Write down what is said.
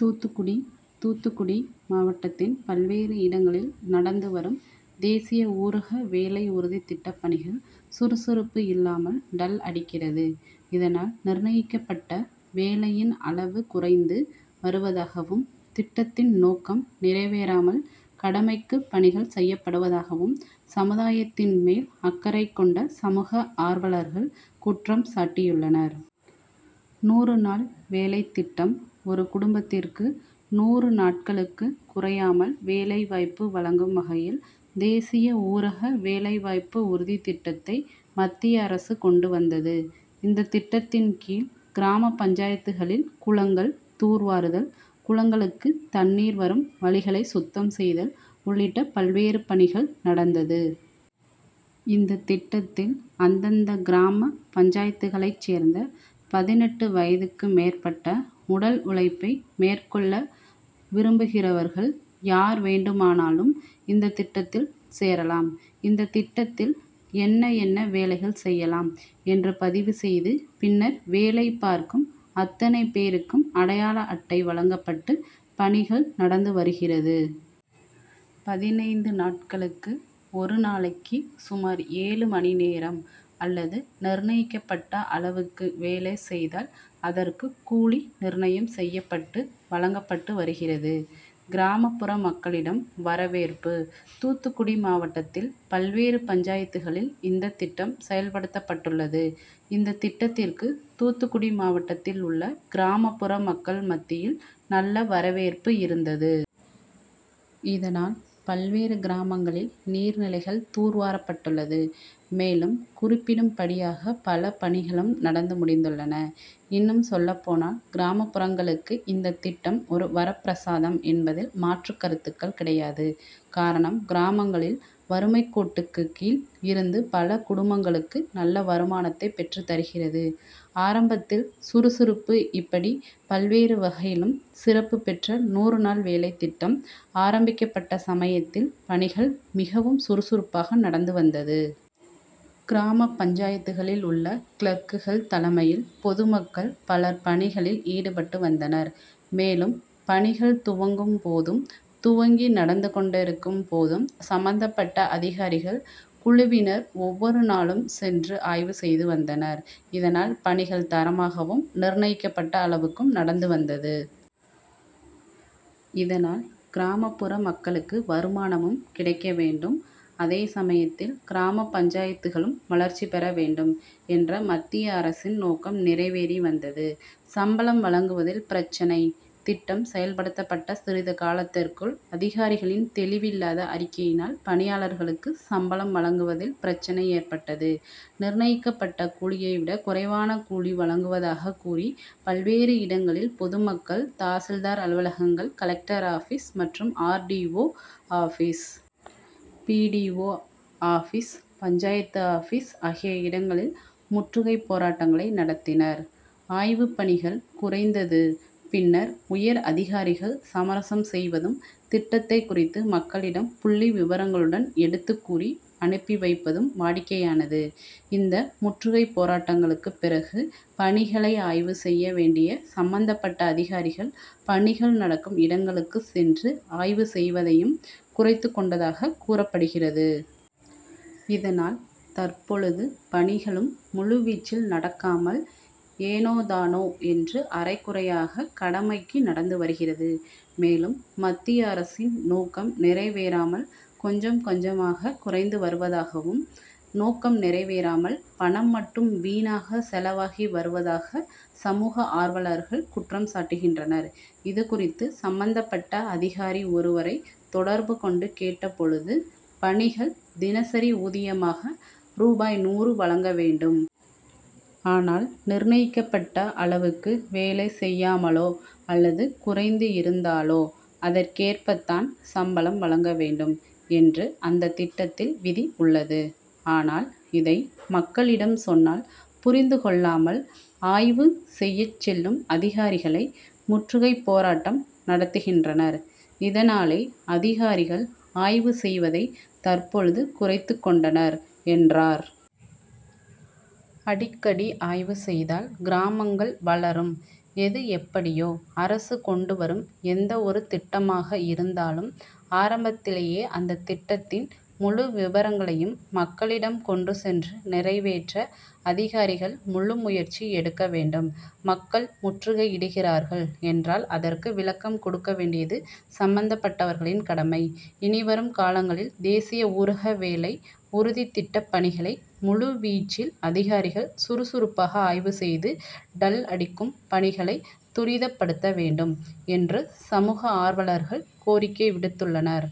தூத்துக்குடி தூத்துக்குடி மாவட்டத்தில் பல்வேறு இடங்களில் நடந்து வரும் தேசிய ஊரக வேலை உறுதிதிட்டப்பணிகள் சுறுசுறுப்பு இல்லாமல் டல் அடிக்கிறது. இதனால் நிர்ணயிக்கப்பட்ட வேலையின் அளவு குறைந்து வருவதாகவும், திட்டத்தின் நோக்கம் நிறைவேறாமல் கடமைக்கு பணிகள் செய்யப்படுவதாகவும் சமுதாயத்தின் மேல் அக்கரை கொண்ட சமூக ஆர்வலர்கள் குற்றம்சாட்டியுள்ளனர். நூறு நாள் வேலை திட்டம் ஒரு குடும்பத்திற்கு நூறு நாட்களுக்கு குறையாமல் வேலை வாய்ப்பு வழங்கும் வகையில் தேசிய ஊரக வேலை வாய்ப்பு உறுதி திட்டத்தை மத்திய அரசு கொண்டு வந்தது. இந்த திட்டத்தின் கீழ் கிராம பஞ்சாயத்துகளில் குளங்கள் தூர்வாறுதல், குளங்களுக்கு தண்ணீர் வரும் வழிகளை சுத்தம் செய்தல் உள்ளிட்ட பல்வேறு பணிகள் நடந்தது. இந்த திட்டத்தில் அந்தந்த கிராம பஞ்சாயத்துகளை சேர்ந்த பதினெட்டு வயதுக்கு மேற்பட்ட உடல் உழைப்பை மேற்கொள்ள விரும்புகிறர்வர்கள் யார் வேண்டுமானாலும் இந்த திட்டத்தில் சேரலாம். இந்த திட்டத்தில் என்ன என்ன வேலைகள் செய்யலாம் என்று பதிவு செய்து, பின்னர் வேலை பார்க்கும் அத்தனை பேருக்கும் அடையாள அட்டை வழங்கப்பட்டு பணிகள் நடந்துவருகிறது. பதினைந்து நாட்களுக்கு ஒரு நாளைக்கு சுமார் ஏழு மணிநேரம் அல்லது நிர்ணயிக்கப்பட்ட அளவுக்கு வேலை செய்தால் அதற்கு கூலி நிர்ணயம் செய்யப்பட்டு வழங்கப்பட்டு வருகிறது. கிராமப்புற மக்களிடம் வரவேற்பு தூத்துக்குடி மாவட்டத்தில் பல்வேறு பஞ்சாயத்துகளில் இந்த திட்டம் செயல்படுத்தப்பட்டுள்ளது. இந்த திட்டத்திற்கு தூத்துக்குடி மாவட்டத்தில் உள்ள கிராமபுற மக்கள் மத்தியில் நல்ல வரவேற்பு இருந்தது. இதனால் பல்வேறு கிராமங்களில் நீர்நிலைகள் தூர்வாரப்பட்டுள்ளது. மேலும் குறிப்பிடும் படியாக பல பணிகளும் நடந்துமுடிந்துள்ளன. இன்னும் சொல்லப்போனால் கிராமப்புறங்களுக்கு இந்த திட்டம் ஒரு வரப்பிரசாதம் என்பதில் மாற்றுகருத்துக்கள் கிடையாது. காரணம் கிராமங்களில் வறுமைக்கோட்டுக்கு கீழ் இருந்து பல குடும்பங்களுக்கு நல்ல வருமானத்தை பெற்று தருகிறது. ஆரம்பத்தில் சுறுசுறுப்பு இப்படி பல்வேறு வகையிலும் சிறப்பு பெற்ற நூறுநாள் வேலை திட்டம் ஆரம்பிக்கப்பட்ட சமயத்தில் பணிகள் மிகவும் சுறுசுறுப்பாக நடந்துவந்தது. கிராம பஞ்சாயத்துகளில் உள்ள கிளர்க்குகள் தலைமையில் பொதுமக்கள் பலர் பணிகளில் ஈடுபட்டு வந்தனர். மேலும் பணிகள் துவங்கும் போதும், துவங்கி நடந்துகொண்டு இருக்கும் போதும், சம்பந்தப்பட்ட அதிகாரிகள் குழுவினர் ஒவ்வொரு நாளும் சென்று ஆய்வு செய்துவந்தனர். இதனால் பணிகள் தரமாகவும், நிர்ணயிக்கப்பட்ட அளவுக்கும் நடந்து வந்தது. இதனால் கிராமபுற மக்களுக்கு வருமானமும் கிடைக்கவேண்டும், அதே சமயத்தில் கிராம பஞ்சாயத்துகளும் வளர்ச்சிபெற வேண்டும் என்ற மத்திய அரசின் நோக்கம் நிறைவேறி வந்தது. சம்பளம் வழங்குவதில் பிரச்னை திட்டம் செயல்படுத்தப்பட்ட சிறிது காலத்திற்குள் அதிகாரிகளின் தெளிவில்லாத அறிக்கையினால் பணியாளர்களுக்கு சம்பளம் வழங்குவதில் பிரச்னை ஏற்பட்டது. நிர்ணயிக்கப்பட்ட கூலியை விட குறைவான கூலி வழங்குவதாக கூறி பல்வேறு இடங்களில் பொதுமக்கள் தாசில்தார் அலுவலங்கள், கலெக்டர் ஆபிஸ், மற்றும் ஆர்டிஓ.,ஆபிஸ், பிடிஓ.,ஆபிஸ், பஞ்சாயத்து ஆபிஸ் ஆகிய இடங்களில் முற்றுகைப் போராட்டங்களை நடத்தினர். ஆய்வு பணிகள் குறைந்தது பின்னர் உயர் அதிகாரிகள் சமரசம் செய்வதும் திட்டத்தை குறித்து மக்களிடம் புள்ளிவிபரங்களுடன் எடுத்து கூறி அனுப்பிவைப்பதும் வாடிக்கையானது. இந்த முற்றுகைபோராட்டங்களுக்கு பிறகு பணிகளை ஆய்வு செய்ய வேண்டிய சம்பந்தப்பட்ட அதிகாரிகள் பணிகள் நடக்கும் இடங்களுக்கு சென்று ஆய்வு செய்வதையும் குறைத்துக்கொண்டதாக கூறப்படுகிறது. இதனால் தற்பொழுது பணிகளும் முழுவீச்சில் நடக்காமல், ஏனோதானோ என்று அறைகுறையாக கடமைக்கு நடந்துவருகிறது. மேலும் மத்திய அரசின் நோக்கம் நிறைவேறாமல் கொஞ்சம் கொஞ்சமாக குறைந்துவருவதாகம், நோக்கம் நிறைவேறாமல் பணம் மட்டும் வீணாக செலவாகி வருவதாக சமூக ஆர்வலர்கள் குற்றம்சாட்டுகின்றனர். இதுகுறித்து சம்பந்தபட்ட அதிகாரி ஒருவரை தொடர்பு கொண்டு கேட்டபொழுது பணிகள் தினசரி ஊதியமாக ரூபாய் நூறு வழங்கவேண்டும். ஆனால் நிர்ணயிக்கப்பட்ட அளவுக்கு வேலை செய்யாமலோ அல்லது குறைந்து இருந்தாலோ அதற்கேற்பதான் சம்பளம் வழங்கவேண்டும் என்று அந்த திட்டத்தில் விதி உள்ளது. ஆனால் இதை மக்களிடம் சொன்னால் புரிந்துகொள்ளாமல் ஆய்வு செய்ய செல்லும் அதிகாரிகளை முற்றுகை போராட்டம் நடத்துகின்றனர். இதனாலே அதிகாரிகள் ஆய்வு செய்வதை தற்பொழுது குறைத்துக்கொண்டனர் என்றார். அடிக்கடி ஆய்வு செய்தால் கிராமங்கள் வளரும் எதுஎப்படியோ அரசு கொண்டு வரும் எந்த ஒரு திட்டமாக இருந்தாலும் ஆரம்பத்திலேயே அந்த திட்டத்தின் முழுவிபரங்களையும் மக்களிடம் கொண்டு சென்று நிறைவேற்ற அதிகாரிகள் முழுமுயற்சி எடுக்கவேண்டும். மக்கள் முற்றுகையிடுகிறார்கள் என்றால் அதற்கு விளக்கம் கொடுக்கவேண்டியது சம்பந்தப்பட்டவர்களின் கடமை. இனிவரும் காலங்களில் தேசிய ஊரக வேலை உறுதிதிட்டப்பணிகளை முழுவீச்சில் அதிகாரிகள் சுறுசுறுப்பாக ஆய்வு செய்து டல் அடிக்கும் பணிகளை துரிதப்படுத்தவேண்டும் என்று சமூக ஆர்வலர்கள் கோரிக்கை விடுத்துள்ளனர்.